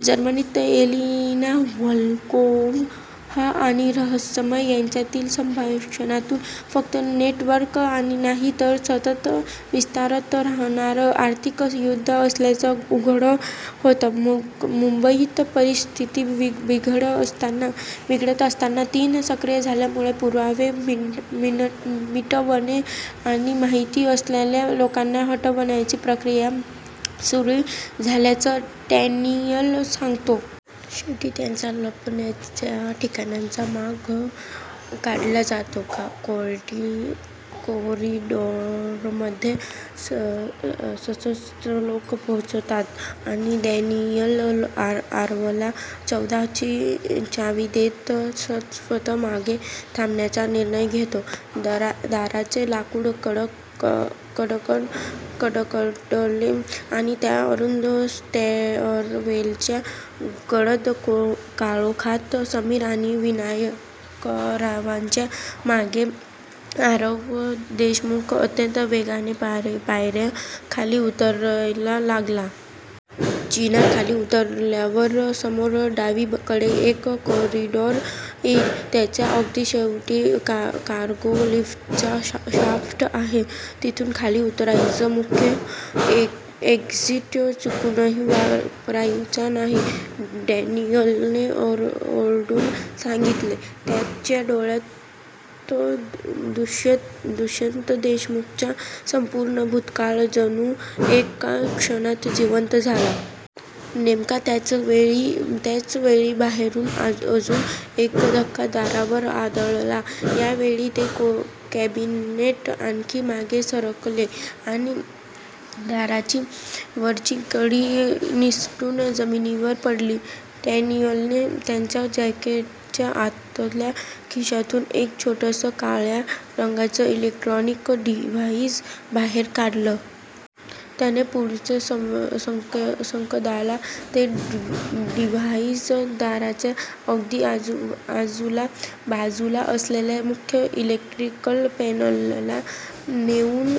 जर्मनीत Elina Volkova आणि रहस्यमय यांच्यातील संभाषणातून फक्त नेटवर्क नाही. तर सतत विस्तारत राहणारं आर्थिक युद्ध असल्याचं उघड होतं. मुंबईत परिस्थिती बिघडत असताना "तीन " सक्रिय झाल्यामुळे पुरावे मिटवणे आणि माहिती असलेल्या लोकांना हटवण्याची प्रक्रिया सुरू झाल्याचं डॅनियल सांगतो. शेवटी त्यांच्या लपण्याच्या ठिकाणाचा माग काढला जातो, कॉरिडॉरमध्ये सशस्त्र लोक पोहोचतात, आणि डॅनियल आरवला चौदा ची चावी देत स्वतः मागे थांबण्याचा निर्णय घेतो. दाराचे लाकूड कडकड कडकडले, आणि त्या अरुंद स्टॅअरवेलच्या गडद काळोखात, समीर आणि विनायकरावांच्या मागे आरव देशमुख अत्यंत वेगाने पायऱ्या खाली उतरायला लागला. " जिना खाली उतरल्यावर समोर डावीकडे एक कॉरिडॉर येईल. त्याच्या अगदी शेवटी कार्गो लिफ्टचा शाफ्ट आहे. तिथून खाली उतरायचं. मुख्य एक्झिट चुकूनही वापरायचा नाही. " डॅनियलने ओरडून सांगितले. त्याच्या डोळ्यांत दुष्यंत देशमुखचा संपूर्ण भूतकाळ जणू एका क्षणात जिवंत झाला. नेमका त्याच वेळी बाहेरून अजून एक धक्का दारावर आदळला. या वेळी ते कॅबिनेट आणखी मागे सरकले आणि दाराची वरची कडी निसटून जमिनीवर पडली. डॅनियलने त्याच्या जॅकेटच्या आतल्या खिशातून एक छोटंसं, काळ्या रंगाचं इलेक्ट्रॉनिक डिव्हाइस बाहेर काढलं. त्याने पुढच्याच सेकंदाला ते डिव्हाइस दाराच्या अगदी बाजूला असलेल्या मुख्य इलेक्ट्रिकल पॅनेलला नेऊन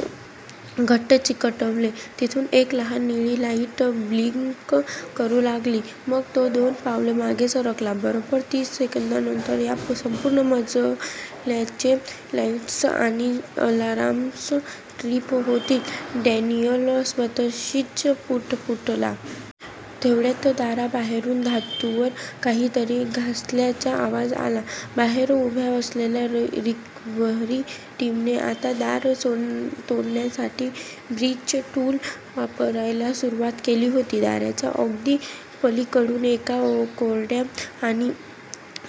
घट्ट चिकटवले. तिथून एक लहान निळी लाईट ब्लिंक करू लागली. मग तो दोन पावले मागे सरकला. "बरोबर तीस सेकंदांनंतर या संपूर्ण मजल्याचे लाईट्स आणि अलार्म्स ट्रिप होतील," डॅनियल स्वतःशीच पुटपुटला. तेवढ्यात दाराबाहेरून धातूवर काहीतरी घासल्याचा आवाज आला. बाहेर उभ्या असलेल्या रिकव्हरी टीमने आता दार तोडण्यासाठी 'ब्रीच टूल' वापरायला सुरुवात केली होती. दाराच्या अगदी पलीकडून एका कोरड्या आणि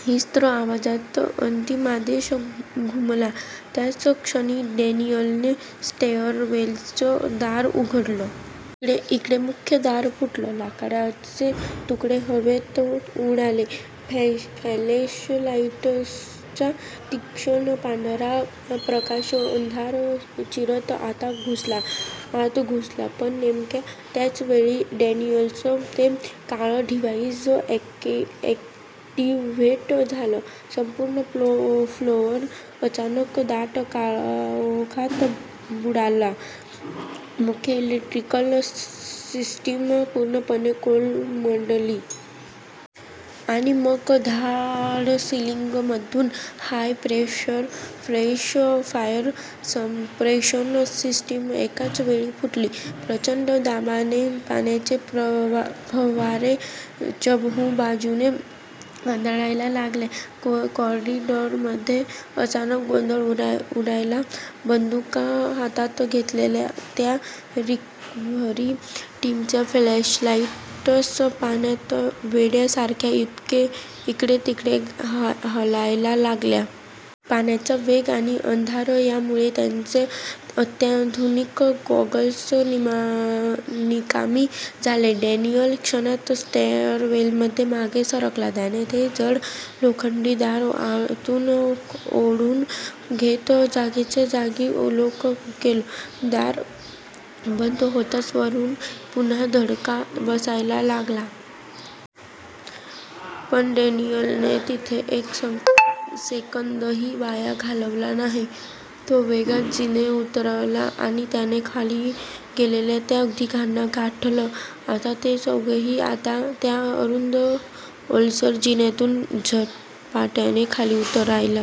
हिंस्त्र आवाजात अंतिम आदेश घुमला," त्याच क्षणी डॅनियलने स्टॅअरवेलचं दार उघडलं. इकडे मुख्य दार फुटलं. लाकडाचे तुकडे हवेत उडाले. फ्लॅशलाईट्सचा तीक्ष्ण पांढरा प्रकाश अंधार चिरत आत घुसला. पण नेमक्या त्याच वेळी डॅनियलचं ते काळं डिव्हाइस अॅक्टिव्हेट झालं. संपूर्ण फ्लोअर अचानक दाट काळोखात बुडाला. मुख्य इलेक्ट्रिकल सिस्टीम पूर्णपणे कोलमडली. आणि मग धाऽऽड! सीलिंगमधून हाय-प्रेशर फायर सप्रेशन सिस्टीम एकाच वेळी फुटली. प्रचंड दाबाने पाण्याचे फवारे चहुबाजूंनी आदळायला लागले. कॉरिडॉरमध्ये अचानक गोंधळ उडाला. बंदुका हातांत घेतलेल्या त्या रिकव्हरी टीमच्या फ्लॅशलाईट्स पाण्यात वेड्यासारख्या इकडेतिकडे हलायला लागल्या. पाण्याचा वेग आणि अंधार यामुळे त्यांचे अत्याधुनिक गॉगल्स निकामी झाले. डॅनियल क्षणात स्टॅअरवेलमध्ये मागे सरकला. त्याने ते जड लोखंडी दार आतून ओढून घेत जागच्या जागी लॉक केलं. दार बंद होताच वरून पुन्हा धडका बसायला लागल्या. पण डॅनियलने तिथे एक सेकंदही वाया घालवला नाही. तो वेगात जिने उतरला आणि त्याने खाली गेलेल्या त्या तिघांना गाठलं. आता ते चौघंही त्या अरुंद, ओलसर जिन्यातून झपाट्याने खाली उतरायल--